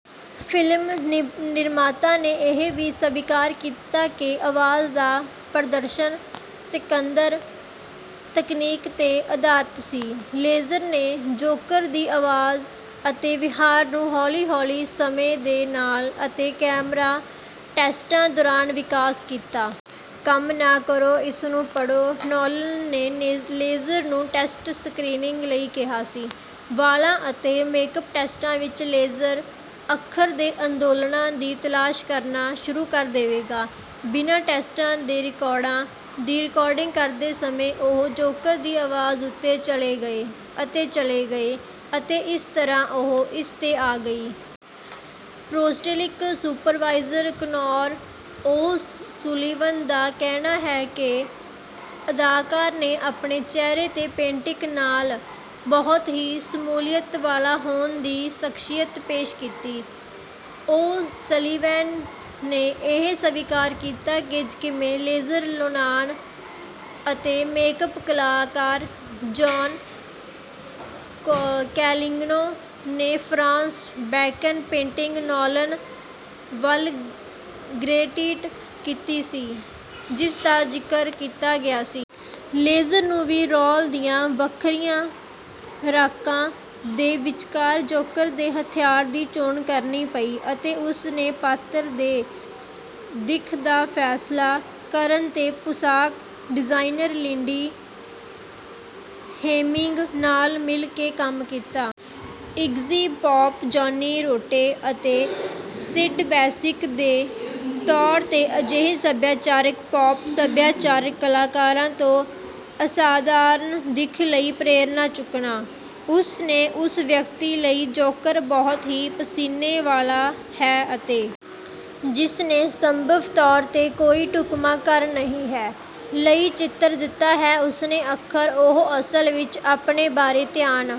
Film ਨਿਰਮਾਤਾ ਨੇ ਇਹ ਵੀ ਸਵੀਕਾਰ ਕੀਤਾ ਕਿ ਆਵਾਜ਼ ਦਾ ਪ੍ਰਦਰਸ਼ਨ ਸਿਕੰਦਰ ਤਕਨੀਕ ਤੇ ਅਧਾਰਤ ਸੀ। ਲੇਜ਼ਰ ਨੇ ਜੋਕਰ ਦੀ ਆਵਾਜ਼ ਅਤੇ ਵਿਹਾਰ ਨੂੰ ਹੌਲੀ ਹੌਲੀ ਸਮੇਂ ਦੇ ਨਾਲ ਅਤੇ ਕੈਮਰਾ ਟੈਸਟਾਂ ਦੌਰਾਨ ਵਿਕਾਸ ਕੀਤਾ। ਕੰਮ ਨਾ ਕਰੋ ਇਸ ਨੂੰ ਪੜ੍ਹੋ ਨੋਲਨ ਨੇ ਲੇਜ਼ਰ ਨੂੰ ਟੈਸਟ ਸਕ੍ਰੀਨਿੰਗ ਲਈ ਕਿਹਾ ਸੀ। ਵਾਲਾਂ ਅਤੇ ਮੇਕਅਪ ਟੈਸਟਾਂ ਵਿੱਚ ਲੇਜ਼ਰ ਅੱਖਰ ਦੇ ਅੰਦੋਲਨਾਂ ਦੀ ਤਲਾਸ਼ ਕਰਨਾ ਸ਼ੁਰੂ ਕਰ ਦੇਵੇਗਾ। ਬਿਨਾਂ ਟੈਸਟ ਦੇ ਰਿਕਾਰਡਾਂ ਦੀ ਰਿਕਾਰਡਿੰਗ ਕਰਦੇ ਸਮੇਂ ਉਹ ਜੋਕੋਰ ਦੀ ਆਵਾਜ਼ ਉੱਤੇ ਚਲੇ ਗਏ ਅਤੇ ਚਲੇ ਗਏ ਅਤੇ ਇਸ ਤਰ੍ਹਾਂ ਉਹ ਇਸ ਤੇ ਆ ਗਈ। Prosthetic supervisor Conor O'Sullivan ਦਾ ਕਹਿਣਾ ਹੈ ਕਿ ਅਦਾਕਾਰ ਨੇ ਆਪਣੇ ਚਿਹਰੇ ਦੇ ਪੇਂਟਿੰਗ ਨਾਲ ਬਹੁਤ ਹੀ ਸ਼ਮੂਲੀਅਤ ਵਾਲਾ ਹੋਣ ਦੀ ਸ਼ਖਸੀਅਤ ਪੇਸ਼ ਕੀਤੀ। ਓ ਸਲੀਵਾਨ ਨੇ ਇਹ ਸਵੀਕਾਰ ਕੀਤਾ ਕਿ ਕਿਵੇਂ ਲੇਜਰ ਨੋਲਾਨ ਅਤੇ ਮੇਕਅਪ ਕਲਾਕਾਰ ਜੌਨ ਕੈਗਲਿਨੋ ਨੇ ਫਰਾਂਸਿਸ ਬੈਕਨ ਪੇਂਟਿੰਗ ਨੋਲਨ ਵੱਲ ਗਰੇਟੀਟ ਕੀਤੀ ਸੀ ਜਿਸ ਦਾ ਜ਼ਿਕਰ ਕੀਤਾ ਗਿਆ ਸੀ। ਲੇਜ਼ਰ ਨੂੰ ਵੀ ਰੋਲ ਦੀਆਂ ਵੱਖਰੀਆਂ ਰਾਕਾਂ ਦੇ ਵਿਚਕਾਰ ਜੋਕਰ ਦੇ ਹਥਿਆਰ ਦੀ ਚੋਣ ਕਰਨੀ ਪਈ ਅਤੇ ਉਸ ਨੇ ਪਾਤਰ ਦੇ ਦਿੱਖ ਦਾ ਫੈਸਲਾ ਕਰਨ ਤੇ ਪੁਸ਼ਾਕ ਡਿਜ਼ਾਈਨਰ ਲਿੰਡੀ ਹੇਮਿੰਗ ਨਾਲ ਮਿਲ ਕੇ ਕੰਮ ਕੀਤਾ। ਇਗਜੀ ਪੋਪ ਜੌਨੀ ਰੋਟੇ ਅਤੇ ਸਿਡ ਵੈਸ਼ੀਕ ਦੇ ਤੌਰ ਤੇ ਅਜਿਹੇ ਸੱਭਿਆਚਾਰਕ ਪੌਪ ਸੱਭਿਆਚਾਰਕ ਕਲਾਕਾਰਾਂ ਤੋਂ ਅਸਾਧਾਰਣ ਦਿੱਖ ਲਈ ਪ੍ਰੇਰਨਾ ਚੁੱਕਣਾ। ਉਸ ਨੇ ਉਸ ਵਿਅਕਤੀ ਲਈ ਜੋਕਰ ਬਹੁਤ ਹੀ ਪਸੀਨੇ ਵਾਲਾ ਹੈ ਅਤੇ ਜਿਸ ਨੇ ਸੰਭਵ ਤੌਰ ਤੇ ਕੋਈ ਢੁਕਵਾਂ ਘਰ ਨਹੀਂ ਹੈ ਲਈ ਚਿੱਤਰ ਦਿੱਤਾ ਹੈ ਉਸਨੇ ਅੱਖਰ ਉਹ ਅਸਲ ਵਿੱਚ ਆਪਣੇ ਬਾਰੇ ਧਿਆਨ